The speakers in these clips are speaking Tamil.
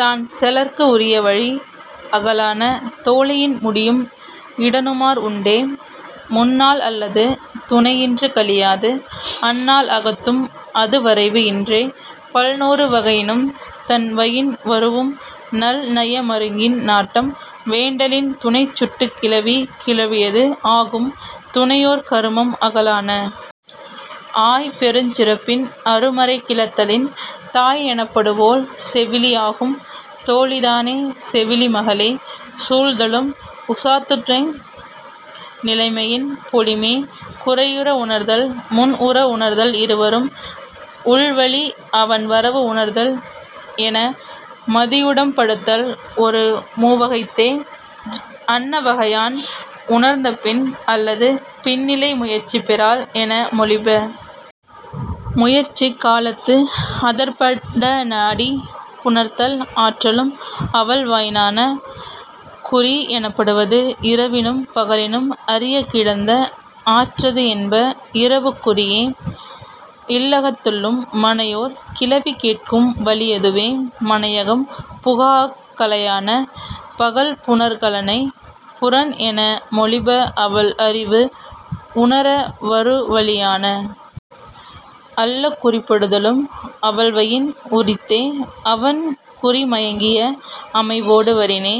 தான் செலற்கு உரிய வழி ஆகலான. தோழியின் முடியும் இடனுமார் உண்டே. முந் நாள் அல்லது துணை இன்று கழியாது அந் நாள் அகத்தும் அது வரைவு இன்றே. பல் நூறு வகையினும் தன் வயின் வரூஉம் நல் நய மருங்கின் நாட்டம் வேண்டலின் துணைச் சுட்டுக் கிளவி கிழவியது ஆகும் துணையோர் கருமம் ஆகலான. ஆய் பெருஞ் சிறப்பின் அரு மறை கிளத்தலின் தாய் எனப்படுவோள் செவிலி ஆகும். தோழிதானே செவிலி மகளே. சூழ்தலும் உசாத்துணை நிலைமையின் பொலிமே. குறையுற உணர்தல் முன் உற உணர்தல் இருவரும் உள்வழி அவன் வரவு உணர்தல் என மதியுடம்படுத்தல் ஒரு மூ வகைத்தே. அன்ன வகையான் உணர்ந்த பின் அல்லது பின்னிலை முயற்சி பெறாள் என மொழிப. முயற்சிக் காலத்து அதற்பட நாடி புணர்த்தல் ஆற்றலும் அவள்வயினான. குறி எனப்படுவது இரவினும் பகலினும் அறியக் கிளந்த ஆற்றது என்ப. இரவுக் குறியே இல்லகத்துள்ளும் மனையோர் கிளவி கேட்கும் வழியதுவே மனையகம் புகாஅக் காலையான. பகல் புணர் களனே புறன் என மொழிப அவள் அறிவு உணர வரு வழியான. அல்லகுறிப்படுதலும் அவள்வயின் உரித்தே அவன் குறி மயங்கிய அமைவொடு வரினே.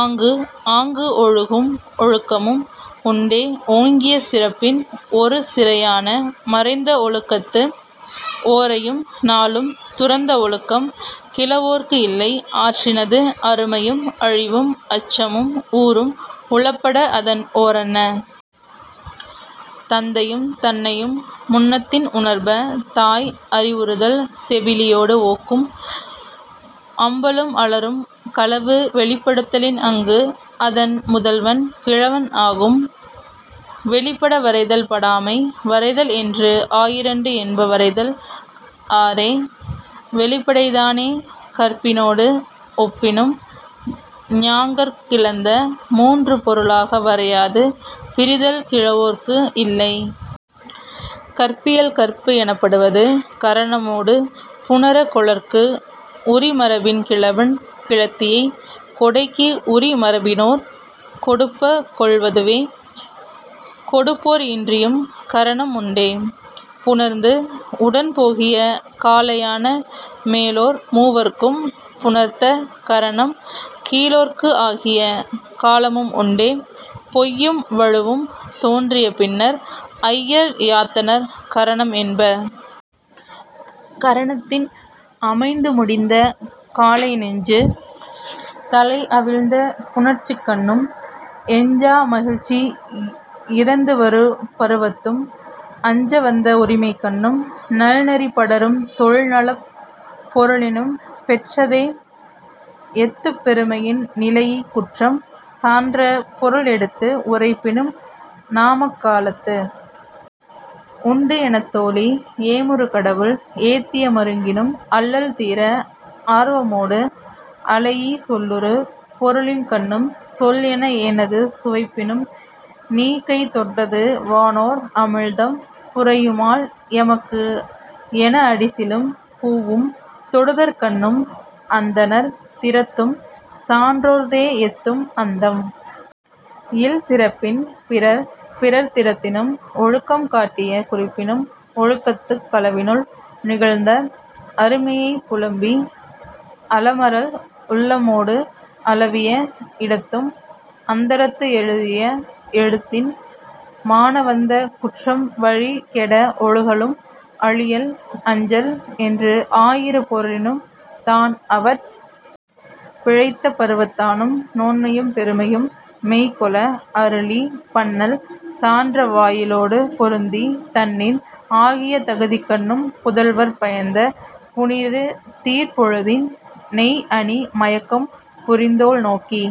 ஆங்கு ஆங்கு ஒழுகும் ஒழுக்கமும் உண்டே ஓங்கிய சிறப்பின் ஒரு சிறையான. மறைந்த ஒழுக்கத்து ஓரையும் நாளும் துறந்த ஒழுக்கம் கிழவோற்கு இல்லை. ஆற்றினது அருமையும் அழிவும் அச்சமும் ஊறும் உளப்பட அதன் ஓரன்ன. தந்தையும் தன்னையும் முன்னத்தின் உணர்ப. தாய் அறிவுறுதல் செவிலியொடு ஒக்கும். அம்பலும் அலரும் களவு வெளிப்படுத்தலின் அங்கு அதன் முதல்வன் கிழவன் ஆகும். வெளிப்பட வரைதல் படாமை வரைதல் என்று ஆயிரண்டு என்ப வரைதல் ஆறே. வெளிப்படைதானே கற்பினொடு ஒப்பினும் ஞாங்கர்க் கிளந்த மூன்று பொருளாக வரையாது பிரிதல் கிழவோற்கு இல்லை.. கற்பியல் கற்பு எனப்படுவது கரணமொடு புணர கொளற்கு உரி மரபின் கிழவன் கிழத்தியை கொடைக்கு உரி மரபினோர் கொடுப்ப கொள்வதுவே. கொடுப்போர் இன்றியும் கரணம் உண்டே புணர்ந்து உடன் போகிய காலையான. மேலோர் மூவர்க்கும் புணர்த்த கரணம் கீழோர்க்கு ஆகிய காலமும் உண்டே. பொய்யும் வழுவும் தோன்றிய பின்னர் ஐயர் யாத்தனர் கரணம் என்ப. கரணத்தின் அமைந்து முடிந்த காலை நெஞ்சு தளை அவிழ்ந்த புணர்ச்சிக்கண்ணும் எஞ்சா மகிழ்ச்சி இறந்து வரு பருவத்தும் அஞ்ச வந்த உரிமைக்கண்ணும் நல் நெறிப் படரும் தொல் நலப் பொருளினும் பெற்ற தேஎத்துப் பெருமையின் நிலைஇ குற்றம் சான்ற பொருள் எடுத்து உரைப்பினும் நாமக் காலத்து உண்டு எனத் தோழி ஏமுறு கடவுள் ஏத்திய மருங்கினும் அல்லல் தீர ஆர்வமொடு அளைஇ சொல்லுறு பொருளின்கண்ணும் சொல் என ஏனது சுவைப்பினும் நீ கை தொட்டது வானோர் அமிழ்தம் புரையுமால் எமக்கு என அடிசிலும் பூவும் தொடுதற்கண்ணும் அந்தணர் திறத்தும் சான்றோர் தேஎத்தும் அந்தம் இல் சிறப்பின் பிறர் பிறர் திறத்தினும் ஒழுக்கம் காட்டிய குறிப்பினும் ஒழுக்கத்துக் களவினுள் நிகழ்ந்த அருமையைப் புலம்பி அலமரல் உள்ளமொடு அளவிய இடத்தும் அந்தரத்து எழுதிய எழுத்தின் மான வந்த குற்றம் வழி கெட ஒழுகலும் அழியல் அஞ்சல் என்று ஆயிரு பொருளினும் தான் அவட் பிழைத்த பருவத்தானும் நோன்மையும் பெருமையும் மெய் கொள அருளி பன்னல் சான்ற வாயிலொடு பொருந்தி தன்னின் ஆகிய தகுதிக்கண்ணும் புதல்வற் பயந்த புனிறு தீர் பொழுதின் நெய் அணி மயக்கம் புரிந்தோள் நோக்கி